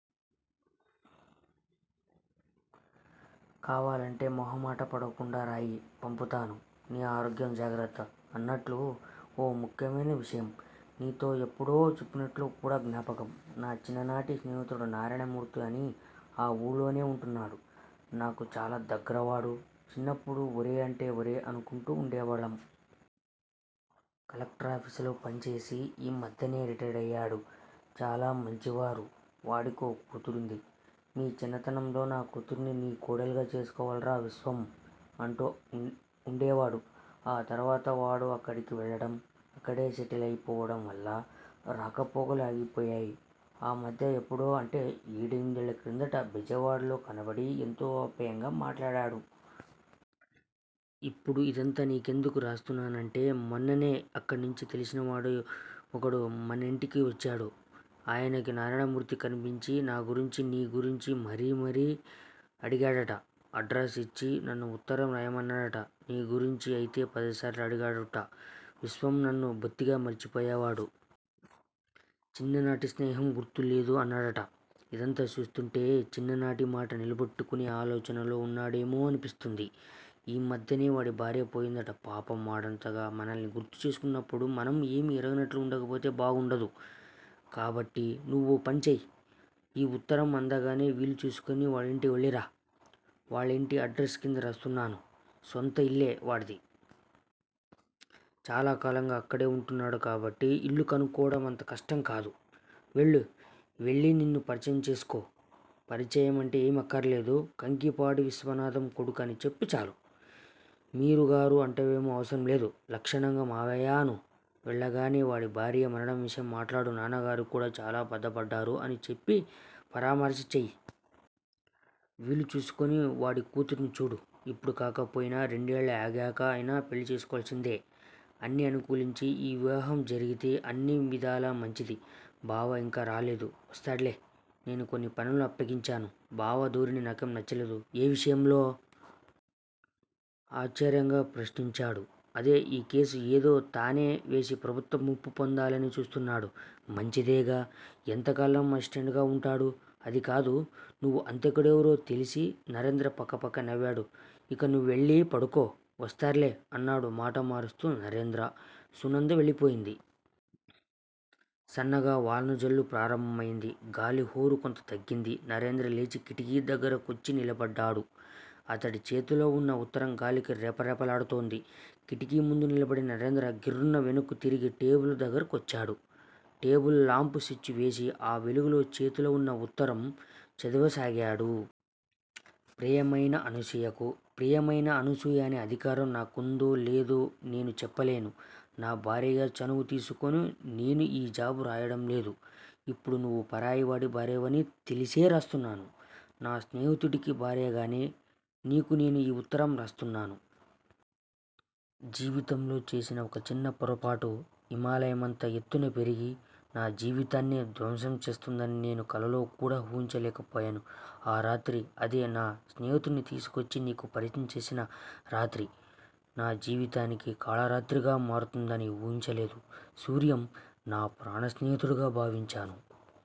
కావాలంటే మొహామాట పడకుండా రాయి పంపుతాను. నీ ఆరోగ్యం జాగ్రత్త. అన్నట్లు ఓ ముఖ్యమైన విషయం. నీతో ఎప్పుడో చెప్పినట్లు కూడా జ్ఞాపకం. నా చిన్న నాటి స్నేహితుడు నారాయణమూర్తి అని ఆ ఊళ్లోనే ఉంటున్నాడు. నాకు చాలా దగ్గర వాడు. చిన్నప్పుడు ఒరే అంటే ఒరే అనుకుంటూ ఉండేవాళ్ళం. కలెక్టరాఫీసులో పనిచేసి ఈ మధ్యనే రిటైర్ అయ్యాడు. చాలా మంచివారు, వాడికో కూతురింది. మీ చిన్నతనంలో నా కూతుర్ని నీ కోడలిగా చేసుకోవాలిరా విశ్వం! అంటూ ఉండేవాడు. ఆ తరువాత వాడు అక్కడికి వెళ్ళడం, అక్కడే సెటిల్ అయిపోవడం వల్ల రాకపోకలు ఆగిపోయాయి. ఆ మధ్య ఎప్పుడో అంటే ఏడెనిమిదేళ్ళ క్రిందట బెజవాడలో కనబడి ఎంతో ఆప్యాయంగా మాట్లాడాడు. ఇప్పుడు ఇదంతా నీ కెందుకు రాస్తున్నానంటే మొన్ననే అక్కడినించే తెలిసినాయన ఒకడు మనింటికి వచ్చాడు. ఆయనకీ నారాయణమూర్తి కనిపించి నా గురించి నీ గురించీ మరీ మరీ అడిగాడట. అడ్రస్ ఇచ్చి నన్ను ఉత్తరం రాయమన్నాడట, నీ గురించి అయితే పదిసార్లు అడిగాడుట, విశ్వం నన్ను బొత్తిగా మర్చేపోయాడు. చిన్న నాటి స్నేహం గుర్తే లేదు అన్నాడుట. ఇదంతా చూస్తుంటే చిన్ననాటి మాట నిలబెట్టుకునే ఆలోచనలో ఉన్నాడేమో అనిపిస్తుంది. ఈ మధ్యనే వాడి భార్య పోయిందట పాపం వాడంతగా మనలని గుర్తు చేసుకుంటున్నప్పుడు మనం ఏమీ ఎరగనట్లు ఉండిపోతే బాగుండదు. కాబట్టి నువ్వో పనిచెయ్. ఈ ఉత్తరం అందగానే వీలు చూసుకుని వాడింటికి వెళ్ళిరా, వాళ్ళింటి అడ్రస్ క్రింద రాస్తున్నాను స్వంత ఇల్లే వాడిది. చాలాకాలంగా అక్కడే ఉంటున్నాడు కాబట్టి ఇల్లు కనుక్కోవడం అంత కష్టం కాదు. వెళ్ళు వెళ్ళి నిన్ను పరిచయం చేసుకో. పరిచయం అంటే ఏమీ అక్కర్లేదు. కంకిపాడు విశ్వనాధం కొడుకుని అని చెప్పు చాలు. మీరు, గారు అంటావేమో అవసరం లేదు. లక్షణంగా మావయ్యా అను. వెళ్ళగానే వాడి భార్య మరణం విషయం మాట్లాడు నాన్నగారు కూడా చాలా బాధపడ్డారు అని చెప్పి పరామర్శ చెయ్యి. వీలు చూసుకుని వాడి కూతురిని చూడు, ఇప్పుడు కాకపోయినా రెండేళ్ళు ఆగాక అయినా పెళ్ళి చేసుకోవలసిందే. అన్నీ అనుకూలించి ఈ వివాహం జరిగితే అన్ని విధాలా మంచిది. బావ ఇంకా రాలేదు. వస్తాడులే. నేను కొన్ని పనులు అప్పగించాను. బావ ధోరణి నాకేం నచ్చలేదు. ఏ విషయంలో? ఆశ్చర్యంగా ప్రశ్నించాడు. అదే ఈ కేసు ఏదో తనే వేసి ప్రభుత్వం మెప్పు పొందాలని చూస్తున్నాడు. మంచిదేగా? ఎంతకాలం అసిస్టెంటుగా ఉంటాడు? అది కాదు. నువ్వు హంతకుడెవరో తెలిసీ నరేంద్ర పకపక నవ్వాడు. ఇక నువ్వెళ్ళి పడుకో, వస్తారులే అన్నాడు మాట మారుస్తూ నరేంద్ర. సునంద వెళ్ళిపోయింది. సన్నగా వానజల్లు ప్రారంభం అయింది. గాలి హొరు కొంత తగ్గింది. నరేంద్ర లేచి కిటికీ దగ్గర కొచ్చి నిలబడ్డాడు. అతడి చేతిలో ఉన్న ఉత్తరం గాలికి రెపరెపలాడుతోంది. కిటికీ ముందు నిలబడిన నరేంద్ర గిర్రున వెనక్కు తిరిగి టేబుల్ దగ్గర కొచ్చాడు. టేబుల్ లాంప్ స్విచ్ వేసి ఆ వెలుగులో చేతిలో ఉన్న ఉత్తరం చదవసాగాడు. ప్రియమైన అనసూయకు. ప్రియమైన అనసూయ అనే అధికారం నాకుందో లేదో నేను చెప్పలేను. నా భార్యగా చనువు తీసుకొని నేను ఈ జాబు రాయడం లేదు. ఇప్పుడు నువ్వు పరాయి వాడి భార్యవని తెలిసే రాస్తున్నాను. నా స్నేహితుడి భార్యగానే నీకు నేను ఈ ఉత్తరం రాస్తున్నాను. జీవితంలో చేసిన ఒక చిన్న పొరపాటు, హిమాలయమంత ఎత్తున పెరిగి నా జీవితాన్నే ధ్వంసం చేస్తుందని నేను కలలో కూడా ఉహించలేక పోయాను. ఆ రాత్రి అదే నా స్నేహితుడ్ని తీసుకోచ్చి నీకు పరిచయం చేసిన రాత్రి, నా జీవితానికి కళరాత్రిగా మారుతుందని ఉహించలేదు. సూర్యం, నా ప్రాణం స్నేహితుడిగా భావించిన